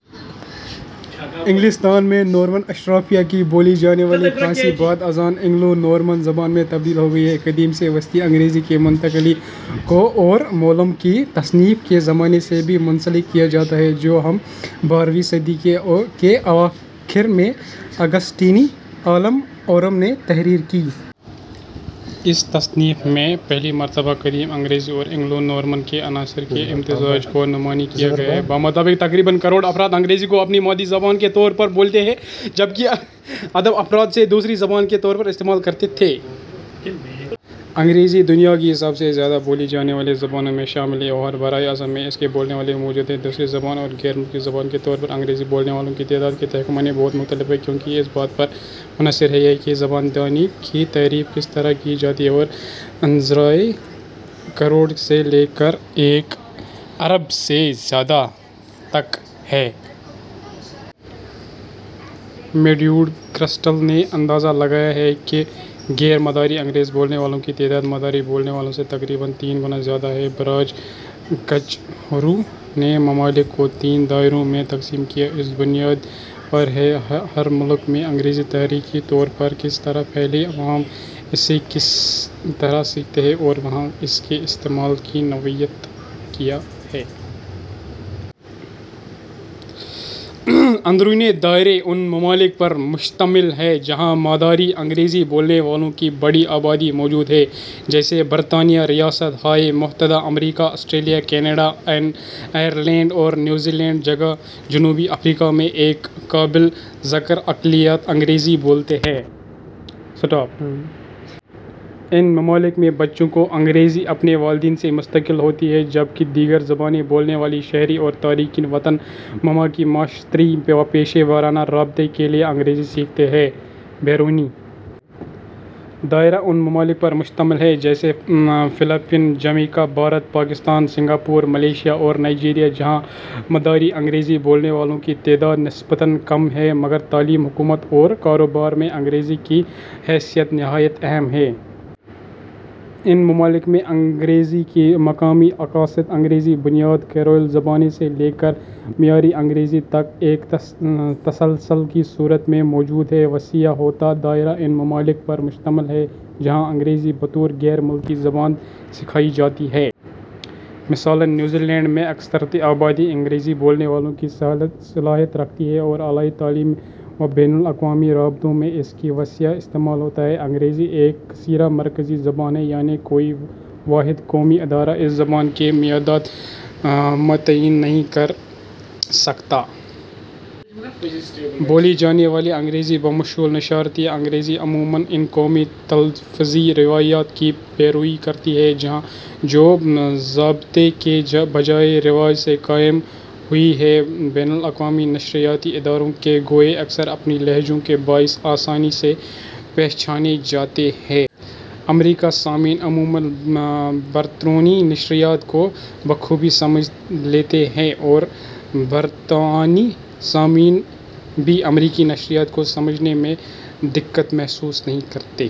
۔ انگلستان میں نورمن اشرافیہ کی بولی جانے والی فرانسیسی بعد ازاں اینگلو نورمن زبان میں تبدیل ہو گئی۔ قدیم سے وسطی انگریزی کی منتقلی کو اورمولم کی تصنیف کے زمانے سے بھی منسلک کیا جاتا ہے، جو بارہویں صدی کے اواخر میں آگسٹینی عالم اورم نے تحریر کی۔ اس تصنیف میں پہلی مرتبہ قدیم انگریزی اور اینگلو نورمن عناصر کے امتزاج کو نمایاں کیا گیا۔ بمطابق ، تقریباً کروڑ افراد انگریزی کو اپنی مادری زبان کے طور پر بولتے تھے، جبکہ ارب افراد اسے دوسری زبان کے طور پر استعمال کرتے تھے۔ انگریزی دنیا کی سب سے زیادہ بولی جانے والی زبانوں میں شامل ہے اور ہر براعظم میں اس کے بولنے والے موجود ہیں۔ دوسری زبان اور غیر ملکی زبان کے طور پر انگریزی بولنے والوں کی تعداد کے تخمینے بہت مختلف ہیں، کیونکہ یہ اس بات پر منحصر ہیں کہ زبان دانی کی تعریف کس طرح کی جاتی ہے؛ اندازے کروڑ سے لے کر ایک ارب سے زیادہ تک ہیں۔ ء میں ڈیوڈ کرسٹل نے اندازہ لگایا کہ غیر مادری انگریزی بولنے والوں کی تعداد مادری بولنے والوں سے تقریباً تین گنا زیادہ ہے۔ براج کچھرو نے ممالک کو تین دائروں میں تقسیم کیا، اس بنیاد پر کہ ہر ملک میں انگریزی تاریخی طور پر کس طرح پھیلی، عوام اسے کس طرح سیکھتے ہیں اور وہاں اس کے استعمال کی نوعیت کیا ہے۔ اندرونی دائرہ اُن ممالک پر مشتمل ہے جہاں مادری انگریزی بولنے والوں کی بڑی آبادی موجود ہے، جیسے برطانیہ ، ریاست ہائے متحدہ امریکہ ، آسٹریلیا ، کینیڈا ، آئرلینڈ اور نیوزی لینڈ ؛ جبکہ جنوبی افریقا میں ایک قابلِ ذکر اقلیت انگریزی بولتی ہے۔ ان ممالک میں بچوں کو انگریزی اپنے والدین سے منتقل ہوتی ہے، جبکہ دیگر زبانیں بولنے والے شہری اور تارکین وطن مقامی معاشرتی و پیشہ ورانہ رابطے کے لیے انگریزی سیکھتے ہیں۔ بیرونی دائرہ اُن ممالک پر مشتمل ہے جیسے Philippines, Jamaica, Bharat, Pakistan, Singapore, Malaysia اور نائجیریا ، جہاں مادری انگریزی بولنے والوں کی تعداد نسبتاً کم ہے، مگر تعلیم، حکومت اور کاروبار میں انگریزی کی حیثیت نہایت اہم ہے۔ ان ممالک میں انگریزی کی مقامی اقسام، انگریزی بنیاد کریول زبانیں سے لے کر معیاری انگریزی تک، ایک تسلسل کی صورت میں موجود ہیں۔ وسیع ہوتا دائرہ اُن ممالک پر مشتمل ہے جہاں انگریزی بطور غیر ملکی زبان سکھائی جاتی ہے۔ مثلاً نیدرلینڈ میں اکثریتی آبادی انگریزی بولنے کی صلاحیت رکھتی ہے اور اعلیٰ تعلیم و بین الاقوامی رابطوں میں اس کا وسیع استعمال ہوتا ہے۔ انگریزی ایک کثیرمرکزی زبان ہے، یعنی کوئی واحد قومی ادارہ اس زبان کے معیارات متعین نہیں کرتا۔ بولی جانے والی انگریزی، بشمول نشریاتی انگریزی، عموماً اُن قومی تلفظی روایات کی پیروی کرتی ہے جو ضابطے کی بجائے رواج سے قائم ہوئی ہیں۔ بین الاقوامی نشریاتی اداروں کے گویے اکثر اپنے لہجوں کے باعث آسانی سے پہچانے جاتے ہیں۔ ۔ امریکی سامعین عموماً برطانوی نشریات کو بخوبی سمجھ لیتے ہیں اور برطانوی سامعین بھی امریکی نشریات کو سمجھنے میں دقت محسوس نہیں کرتے۔